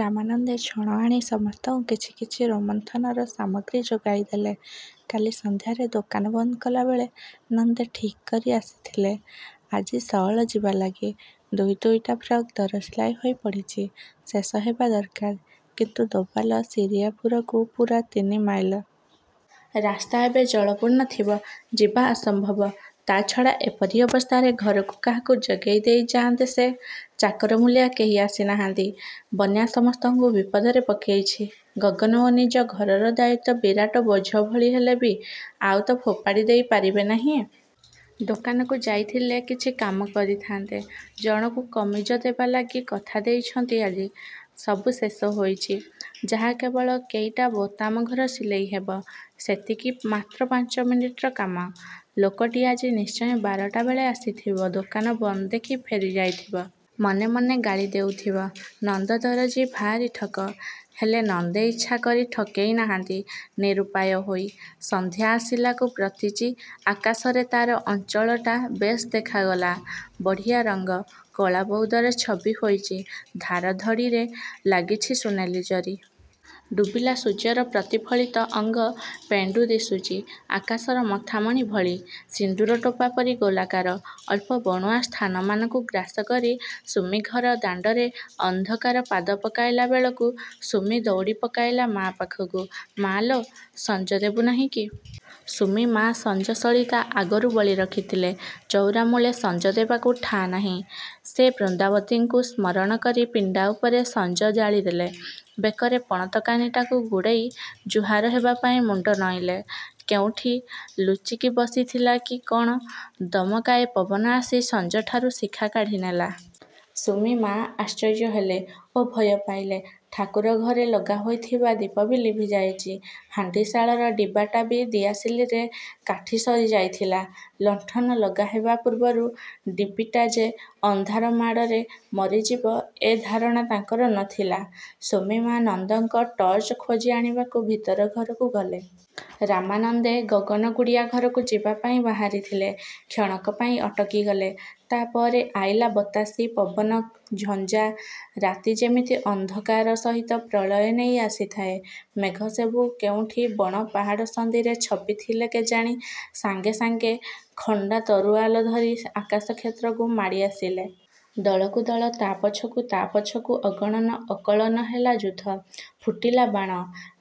ରାମାନନ୍ଦେ ଛଣ ଆଣି ସମସ୍ତଙ୍କୁ କିଛି କିଛି ରୋମନ୍ଥନର ସାମଗ୍ରୀ ଯୋଗାଇ ଦେଲେ। କାଲି ସଂଧ୍ୟାରେ ଦୋକାନ ବନ୍ଦ କଲାବେଳେ ନନ୍ଦେ ଠିକ୍ କରି ଆସିଥିଲେ ଆଜି ସଅଳ ଯିବା ଲାଗି। ଦୁଇ ଦୁଇଟା ଫ୍ରକ୍ ଦରସିଲାଇ ହୋଇ ପଡ଼ିଚି। ଶେଷ ହେବା ଦର୍କାର। କିନ୍ତୁ ଦୋବଲ ଶିରିଆପୁରକୁ ପୂରା ତିନି ମାଇଲ। ରାସ୍ତା ଏବେ ଜଳପୂର୍ଣ୍ଣ ଥିବ। ଯିବା ଅସମ୍ଭବ। ତା'ଛଡ଼ା ଏପରି ଅବସ୍ଥାରେ ଘରକୁ କାହାକୁ ଜଗେଇଦେଇ ଯାଆନ୍ତେ ସେ? ଚାକର ମୂଲିଆ କେହି ଆସିନାହାନ୍ତି। ବନ୍ୟା ସମସ୍ତଙ୍କୁ ବିପଦରେ ପକେଇଛି। ଗଗନ ଓ ନିଜ ଘରର ଦାୟିତ୍ୱ ବିରାଟ ବୋଝ ଭଳି ହେଲେ ବି ଆଉ ତ ଫୋପାଡ଼ି ଦେଇ ପାରିବେ ନାହିଁ। ଦୋକାନକୁ ଯାଇଥିଲେ କିଛି କାମ କରିଥାନ୍ତେ। ଜଣକୁ କମିଜ ଦେବାଲାଗି କଥା ଦେଇଛନ୍ତି ଆଜି। ସବୁ ଶେଷ ହୋଇଚି। ଯାହା କେବଳ କେଇଟା ବୋତାମ ଘର ସିଲେଇ ହେବ। ସେତିକି ମାତ୍ର ପାଞ୍ଚମିନିଟର କାମ। ଲୋକଟି ଆଜି ନିଶ୍ଚୟ ବାରଟା ବେଳେ ଆସିଥିବ। ଦୋକାନ ବନ୍ଦ ଦେଖି ଫେରିଯାଇଥିବ। ମନେ ମନେ ଗାଳି ଦେଇଥିବ–'ନନ୍ଦ ଦରଜି ଭାରି ଠକ'। ହେଲେ ନନ୍ଦେ ଇଚ୍ଛା କରି ଠକେଇ ନାହାନ୍ତି, ନିରୁପାୟ ହୋଇ। ସନ୍ଧ୍ୟା ଆସିଲାକୁ ପ୍ରତିଚୀ ଆକାଶରେ ତା'ର ଅଞ୍ଚଳଟା ବେଶ୍ ଦେଖାଗଲା। ବଢ଼ିଆ ରଙ୍ଗ। କଳା ବଉଦର ଛବି ହୋଇଚି; ଧାର ଧଡ଼ିରେ ଲାଗିଛି ସୁନେଲି ଜରି। ଡୁବିଲା ସୂର୍ଯ୍ୟର ପ୍ରତିଫଳିତ ଅଙ୍ଗ-ପେଣ୍ଡୁ ଦିଶୁଚି ଆକାଶର ମଥାମଣି ଭଳି, ସିନ୍ଦୂର ଟୋପା ପରି ଗୋଲାକାର। ଅଳ୍ପ ବଣୁଆ ସ୍ଥାନମାନଙ୍କୁ ଗ୍ରାସ କରି ସୁମି ଘର ଦାଣ୍ଡରେ ଅନ୍ଧକାର ପାଦ ପକେଇଲା ବେଳକୁ ସୁମି ଦଉଡ଼ି ପକେଇଲା ମା' ପାଖକୁ। ମା'ଲୋ, ସଞ୍ଜ ଦେବୁ ନାହିଁ କି? ସୁମି ମା ସଞ୍ଜ ସଳିତା ଆଗରୁ ବଳି ରଖିଥିଲେ। ଚଉରାମୂଳେ ସଞ୍ଜ ଦେବାକୁ ଠା ନାହିଁ। ସେ ବୃନ୍ଦାବତୀଙ୍କୁ ସ୍ମରଣ କରି ପିଣ୍ଡା ଉପରେ ସଞ୍ଜ ଜାଳି ଦେଲେ। ବେକରେ ପଣତ କାନିଟାକୁ ଗୁଡ଼େଇ ଜୁହାର ହେବାପାଇଁ ମୁଣ୍ଡ ନଇଁଲେ। କେଉଁଠି ଲୁଚିକି ବସିଥିଲାକି କଣ ଦମକାଏ ପବନ ଆସି ସଞ୍ଜଠାରୁ ଶିଖା କାଢ଼ି ନେଲା। ସୁମି-ମା ଆଶ୍ଚର୍ଯ୍ୟ ହେଲେ ଓ ଭୟ ପାଇଲେ। ଠାକୁରଘରେ ଲଗା ହୋଇଥିବା ଦୀପ ବି ଲିଭି ଯାଇଚି। ହାଣ୍ଡିଶାଳର ଡିବାଟା ବି ଦିଆସିଲିରେ କାଠି ସରି ଯାଇଥିଲା। ଲଣ୍ଠନ ଲଗା ହେବା ପୂର୍ବରୁ ଡିବିଟା ଯେ ଅନ୍ଧାର ମାଡ଼ରେ ମରିଯିବ–ଏ ଧାରଣା ତାଙ୍କର ନଥିଲା। ସୁମି-ମା ନନ୍ଦଙ୍କ ଟର୍ଚ୍ଚ ଖୋଜି ଆଣିବାକୁ ଭିତର ଘରକୁ ଗଲେ। ରାମାନନ୍ଦେ ଗଗନ ଗୁଡ଼ିଆ ଘରକୁ ଯିବାପାଇଁ ବାହାରିଥିଲେ, କ୍ଷଣକପାଇଁ ଅଟକି ଗଲେ। ତା ପରେ ଆଇଲା ବତାସି, ପବନ, ଝଞ୍ଜା। ରାତି ଯେମିତି ଅନ୍ଧକାର ସହିତ ପ୍ରଳୟ ନେଇ ଆସିଥାଏ। ମେଘ ସବୁ କେଉଁଠି ବଣ-ପାହାଡ଼ ସନ୍ଧିରେ ଛପିଥିଲେ କେଜାଣି ସାଙ୍ଗେ ସାଙ୍ଗେ ଖଣ୍ଡା ତରୁଆଲ ଧରି ଆକାଶ କ୍ଷେତ୍ରକୁ ମାଡ଼ି ଆସିଲେ। ଦଳକୁ ଦଳ, ତା'ପଛକୁ ତା'ପଛକୁ ଅଗଣନ, ଅକଳନ। ହେଲା ଯୁଦ୍ଧ। ଫୁଟିଲା ବାଣ,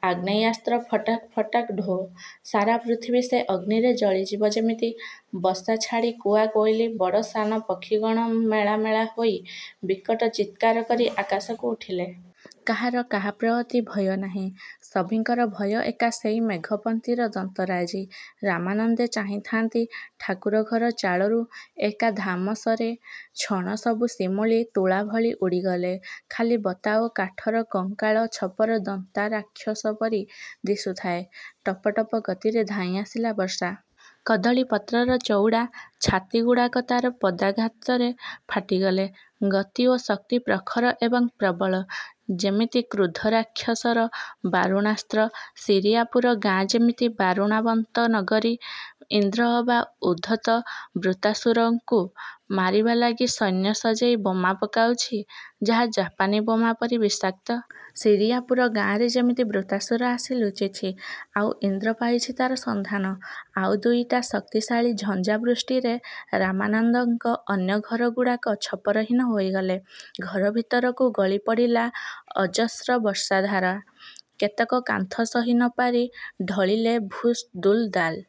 ଆଗ୍ନେୟାସ୍ତ୍ର ଫଟାକ୍ ଫଟାକ୍ ଢୋ। ସାରା ପୃଥିବୀ ସେ ଅଗ୍ନିରେ ଜଳିଯିବ ଯେମିତି। ବସା ଛାଡ଼ି କୁଆ, କୋଇଲି, ବଡ଼ ସାନ ପକ୍ଷୀଗଣ ମେଳା ମେଳା ହୋଇ ବିକଟ ଚିତ୍କାର କରି ଆକାଶକୁ ଉଠିଲେ। କାହାର କାହାପ୍ରଅତି ଭୟ ନାହିଁ। ସଭିଙ୍କର ଭୟ ଏକା ସେଇ ମେଘପନ୍ତିର ଦନ୍ତରାଜି। ରାମାନନ୍ଦେ ଚାହିଁଥାନ୍ତି–ଠାକୁର ଘର ଚାଳରୁ ଏକା ଧମସରେ ଛଣ ସବୁ ଶିମୁଳି ତୁଳା ଭଳି ଉଡ଼ିଗଲେ। ଖାଲି ବତା ଓ କାଠର କଙ୍କାଳ ଛପର ଦନ୍ତା ରାକ୍ଷସ ପରି ଦିଶୁଥାଏ। ଟପ-ଟପ-ଗତିରେ ଧାଇଁ ଆସିଲା ବର୍ଷା। କଦଳୀ ପତ୍ରର ଚଉଡ଼ା ଛାତି ଗୁଡାକ ତାର ପଦାଘାତରେ ଫାଟି ଗଲେ। ଗତି ଓ ଶକ୍ତି ପ୍ରଖର ଏବଂ ପ୍ରବଳ। ଯେମିତି କ୍ରୁଦ୍ଧ ରାକ୍ଷସର ବାରୁଣାସ୍ତ୍ର। ଶିରିଆପୁର ଗାଁ ଯେମିତି ବାରୁଣାବନ୍ତ ନଗରୀ। ଇନ୍ଦ୍ର ଅବା ଉଦ୍ଧତ ବୃତ୍ରାସୁରକୁ ମାରିବାଲାଗି ସୈନ୍ୟ ସଜେଇ ବୋମା ପକାଉଛି, ଯାହା ଜାପାନୀ ବୋମା ପରି ବିଷାକ୍ତ-। ଶିରିଆପୁର ଗାଁରେ ଯେମିତି ବୃତ୍ରାସୁର ଆସି ଲୁଚିଛି, ଆଉ ଇନ୍ଦ୍ର ପାଇଛି ତା'ର ସନ୍ଧାନ। ଆଉ ଦୁଇଟା ଶକ୍ତିଶାଳୀ ଝଞ୍ଜା ବୃଷ୍ଟିରେ ରାମାନନ୍ଦଙ୍କ ଅନ୍ୟ ଘରଗୁଡାକ ଛପରହୀନ ହୋଇଗଲେ। ଘର ଭିତରକୁ ଗଳି ପଡ଼ିଲା ଅଜସ୍ର ବର୍ଷାଧାରା। କେତେକ କାନ୍ଥ ସହି ନ ପାରି ଢଳିଲେ–ଭୁସ୍, ଦୁଲ୍ ଦାଲ୍।